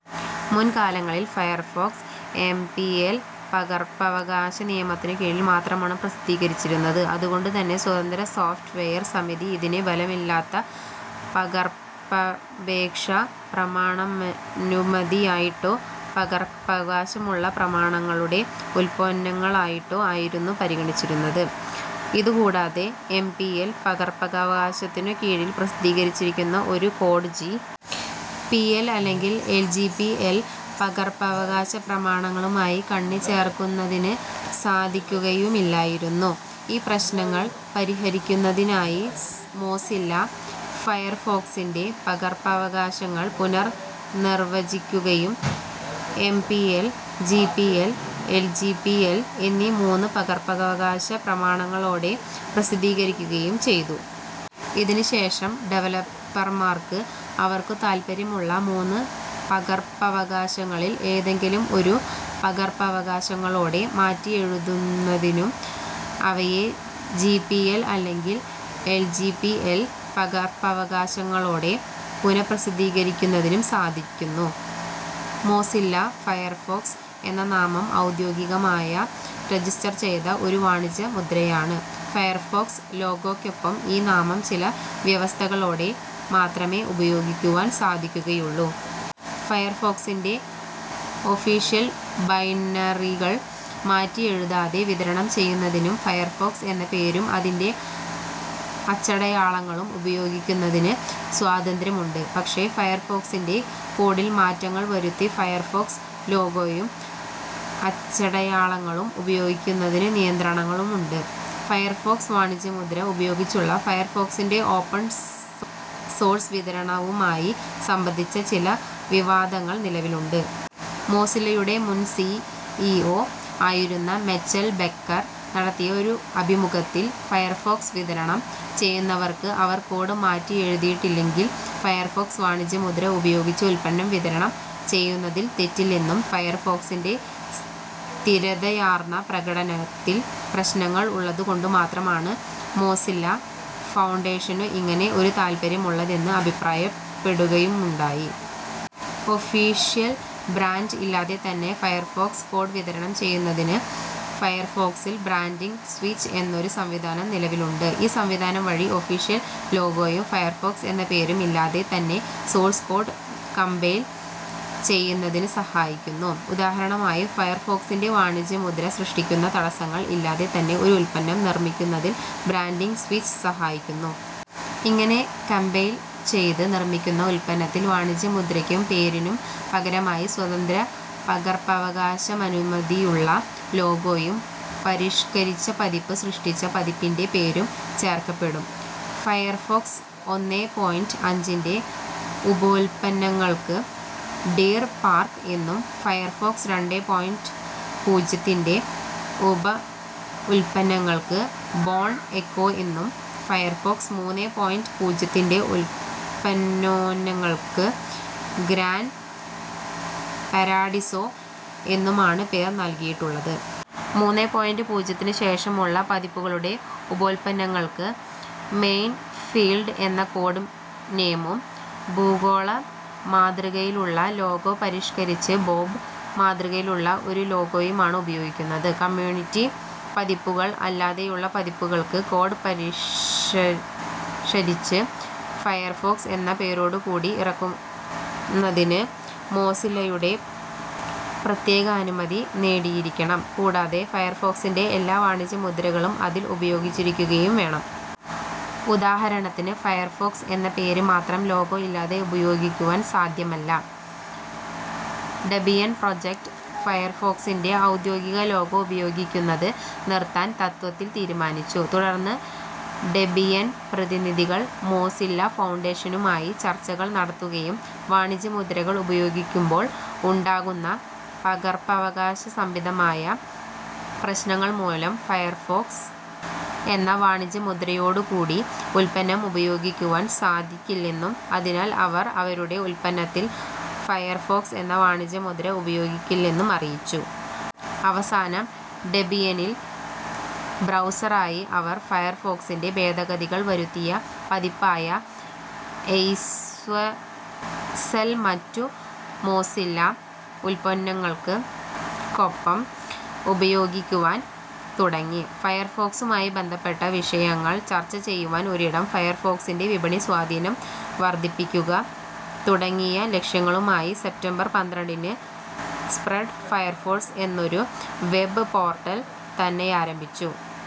മുൻകാലങ്ങളിൽ, Firefox M. P. L പകർപ്പവകാശ നിയമത്തിനു കീഴിൽ മാത്രമാണു പ്രസിദ്ധീകരിച്ചിരുന്നത് അതുകൊണ്ടു തന്നെ സ്വതന്ത്രസോഫ്റ്റ് വെയർ സമിതി ഇതിനെ ബലമില്ലാത്ത പകർപ്പപേക്ഷ പ്രമാണാനുമതിയായിട്ടോ, പകർപ്പവകാശമുള്ള പ്രമാണങ്ങളുടെ ഉൽപ്പോന്നങ്ങളായിട്ടോ ആയിരുന്നു പരിഗണിച്ചിരുന്നത്. ഇതുകൂടാതെ, എം. പി. എൽ. പകർപ്പകവശത്തിനു കീഴിൽ പ്രസിദ്ധീകരിച്ചിരിക്കുന്ന ഒരു കോഡ് ജി. പി. എൽ അല്ലെങ്കിൽ എൽ. ജി. പി. എൽ. പകർപ്പവകാശപ്രമാണങ്ങളുമായി കണ്ണിചേർക്കുന്നതിന് സാധിക്കുകയുമില്ലായിരുന്നു. ഈ പ്രശ്നങ്ങൾ പരിഹരിക്കുന്നതിനായി മോസില്ല ഫയർഫോക്സിൻ്റെ പകർപ്പവകാശങ്ങൾ പുനർ നിർവ്വചിക്കുകയും, M. P. L., G. P. L., L. G. P. L എന്നീ മൂന്നു പകർപ്പവകാശ പ്രമാണങ്ങളോടെ പ്രസിദ്ധീകരിക്കുകയും ചെയ്തു. ഇതിനുശേഷം ഡെവലപ്പർമാർക്ക് അവർക്കു താല്പര്യമുള്ള, മൂന്ന് പകർപ്പവകാശങ്ങളിൽ ഏതെങ്കിലും ഒരു, പകർപ്പവകാശങ്ങളൊടെ മാറ്റിയെഴുതുന്നതിനും അവയെ ജി. പി. എൽ അല്ലെങ്കിൽ എൽ. ജി. പി. എൽ. പകർപ്പവകാശങ്ങളോടെ പുനപ്രസിദ്ധീകരിക്കുന്നതിനും സാധിക്കുന്നു. മോസില്ല ഫയർഫോക്സ് എന്ന നാമം ഔദ്യോഗികമായ രജിസ്റ്റർ ചെയ്ത ഒരു വാണിജ്യ മുദ്രയാണ്. ഫയർഫോക്സ് ലോഗോക്കൊപ്പം ഈ നാമം ചില വ്യവസ്ഥകളോടെ മാത്രമേ ഉപയോഗിക്കുവാൻ സാധിക്കുകയുള്ളൂ. ഫയർഫോക്സിൻ്റെ ഒഫീഷ്യൽ ബൈനറികൾ മാറ്റിയെഴുതാതെ വിതരണം ചെയ്യുന്നതിനും ഫയർഫോക്സ് എന്ന പേരും, അതിൻ്റെ അച്ചടയാളങ്ങളും ഉപയോഗിക്കുന്നതിന് സ്വാതന്ത്ര്യമുണ്ട്. പക്ഷേ ഫയർഫോക്സിൻ്റെ കോഡിൽ മാറ്റങ്ങൾ വരുത്തി ഫയർഫോക്സ് ലോഗോയും, അച്ചടയാളങ്ങളും ഉപയോഗിക്കുന്നതിനു നിയന്ത്രണങ്ങളുമുണ്ട്. ഫയർഫോക്സ് വാണിജ്യമുദ്ര ഉപയോഗിച്ചുള്ള ഫയർഫോക്സിൻ്റെ ഓപ്പൺ സോഴ്സ് വിതരണവുമായി സംബന്ധിച്ച ചില വിവാദങ്ങൾ നിലവിലുണ്ട്. മോസില്ലയുടെ മുൻ സി. ഇ. ഒ ആയിരുന്ന മെച്ചെൽ ബെക്കർ നടത്തിയ ഒരു അഭിമുഖത്തിൽ, ഫയർഫോക്സ് വിതരണം ചെയ്യുന്നവർക്ക് അവർ കോഡ് മാറ്റിയെഴുതിയിട്ടില്ലെങ്കിൽ ഫയഫോക്സ് വാണിജ്യമുദ്ര ഉപയോഗിച്ച് ഉല്പന്നം വിതരണം ചെയ്യുന്നതിൽ തെറ്റില്ലെന്നും, ഫയർഫോക്സിൻ്റെ സ്ഥിരതയാർന്ന പ്രകടനത്തിൽ പ്രശ്നങ്ങൾ ഉള്ളതുകൊണ്ടുമാത്രമാണ് മോസില്ല ഫൗണ്ടേഷനു ഇങ്ങനെ ഒരു താല്പര്യമുള്ളതെന്ന് അഭിപ്രായപ്പെടുകയുമുണ്ടായി. ഒഫീഷ്യൽ ബ്രാന്റ് ഇല്ലാതെ തന്നെ ഫയർഫോക്സ് കോഡ് വിതരണം ചെയ്യുന്നതിന് ഫയർഫോക്സിൽ ബ്രാന്റിങ്ങ് സ്വിച്ച് എന്നൊരു സംവിധാനം നിലവിലുണ്ട്. ഈ സംവിധാനം വഴി ഒഫീഷ്യൽ ലോഗോയും, ഫയർഫോക്സ് എന്ന പേരും ഇല്ലാതെ തന്നെ സോഴ്സ് കോഡ് കമ്പൈൽ ചെയ്യുന്നതിനു സഹായിക്കുന്നു. ഉദാഹരണമായി, ഫയർഫോക്സിൻ്റെ വാണിജ്യമുദ്ര സൃഷ്ടിക്കുന്ന തടസ്സങ്ങൾ ഇല്ലാതെ തന്നെ ഒരു ഉല്പന്നം നിർമ്മിക്കുന്നതിൻ ബ്രാന്റിങ്ങ് സ്വിച്ച് സഹായിക്കുന്നു. ഇങ്ങനെ കമ്പൈൽ ചെയ്ത് നിർമ്മിക്കുന്ന ഉല്പന്നത്തിൽ വാണിജ്യമുദ്രക്കും, പേരിനും പകരമായി സ്വതന്ത്ര പകർപ്പവകാശാനുമതിയുള്ള ലോഗോയും, പരിഷ്കരിച്ച പതിപ്പ് സൃഷ്ടിച്ച പതിപ്പിൻ്റെ പേരും ചേർക്കപ്പെടും. ഫയർഫോക്സ് ഒന്നേ പോയിന്റ് അഞ്ചിൻ്റെ ഉപോല്പന്നങ്ങൾക്ക് ഡീർ പാർക്ക് എന്നും ഫയർഫോക്സ് രണ്ടേ പോയിന്റ് പൂജ്യത്തിൻ്റെ ഉപ ഉല്പന്നങ്ങൾക്ക് ബോൺ എക്കോ എന്നും, ഫയർഫോക്സ് മൂന്നേ പോയിന്റ് പൂജ്യത്തിൻ്റെ ഉപോല്പന്നങ്ങൾക്ക് ഗ്രാൻ പരാഡിസോ എന്നുമാണു പേർ നൽകിയിട്ടുള്ളത്. മൂന്നേ പോയിന്റ് പൂജ്യത്തിനു ശേഷമുള്ള പതിപ്പുകളുടെ ഉപോല്പന്നങ്ങൾക്ക് മൈൻഫീൽഡ് എന്ന കോഡ് നേമും ഭൂഗോളമാതൃകയിലുള്ള ലോഗോ പരിഷ്കരിച്ച് ബോബ് മാതൃകയിലുള്ള ഒരു ലോഗോയുമാണ് ഉപയോഗിക്കുന്നത്. കമ്യൂണിറ്റി പതിപ്പുകൾ അല്ലാതെയുള്ള പതിപ്പുകൾക്ക്, കോഡ് പരിഷരിച്ച് ഫയർഫോക്സ് എന്ന പേരോടുകൂടി ഇറക്കുന്നതിന് മോസില്ലയുടെ പ്രത്യേകാനുമതി നേടിയിരിക്കണം. കൂടാതെ ഫയർഫോക്സിൻ്റെ എല്ലാ വാണിജ്യമുദ്രകളും അതിൽ ഉപയോഗിച്ചിരിക്കുകയും വേണം. ഉദാഹരണത്തിന് ഫയർഫോക്സ് എന്ന പേര് മാത്രം ലോഗോ ഇല്ലാതെ ഉപയോഗിക്കുവാൻ സാദ്ധ്യമല്ല. ഡെബിയൻ പ്രൊജക്റ്റ് ഫയർഫോക്സിൻ്റെ ഔദ്യോഗിക ലോഗോ ഉപയോഗിക്കുന്നത് നിർത്താൻ തത്ത്വത്തിൽ തീരുമാനിച്ചു. തുടർന്ന് ഡെബിയൻ പ്രതിനിധികൾ മോസില്ല ഫൗണ്ടേഷനുമായി ചർച്ചകൾ നടത്തുകയും, വാണിജ്യമുദ്രകൾ ഉപയോഗിക്കുമ്പോൾ ഉണ്ടാകുന്ന പകർപ്പവകാശ സംഭിതമായ പ്രശ്നങ്ങൾ മൂലം ഫയർഫോക്സ് എന്ന വാണിജ്യമുദ്രയോടു കൂടി ഉല്പന്നം ഉപയോഗിക്കുവാൻ സാധിക്കില്ലെന്നും അതിനാൽ അവർ അവരുടെ ഉല്പന്നത്തിൽ ഫയർഫോക്സ് എന്ന വാണിജ്യമുദ്ര ഉപയോഗിക്കില്ലെന്നും അറിയിച്ചു. അവസാനം, ഡെബിയനിൽ ബ്രൗസറായി അവർ ഫയർഫോക്സിൻ്റെ ഭേദഗതികൾ വരുത്തിയ പതിപ്പായ ഐസ്വെസ്സൽ മറ്റു മോസില്ല ഉല്പന്നങ്ങൾക്ക് ക്കൊപ്പം ഉപയോഗിക്കുവാൻ തുടങ്ങി. ഫയർഫോക്സുമായി ബന്ധപ്പെട്ട വിഷയങ്ങൾ ചർച്ച ചെയ്യുവാൻ ഒരിടം, ഫയർഫോക്സിൻ്റെ വിപണി സ്വാധീനം വർദ്ധിപ്പിക്കുക തുടങ്ങിയ ലക്ഷ്യങ്ങളുമായി, സെപ്റ്റംബർ പന്ത്രണ്ടിന്, സ്പ്രെഡ് ഫയർഫോക്സ് എന്നൊരു വെബ്ബ് പോർട്ടൽ തന്നെയാരംഭിച്ചു.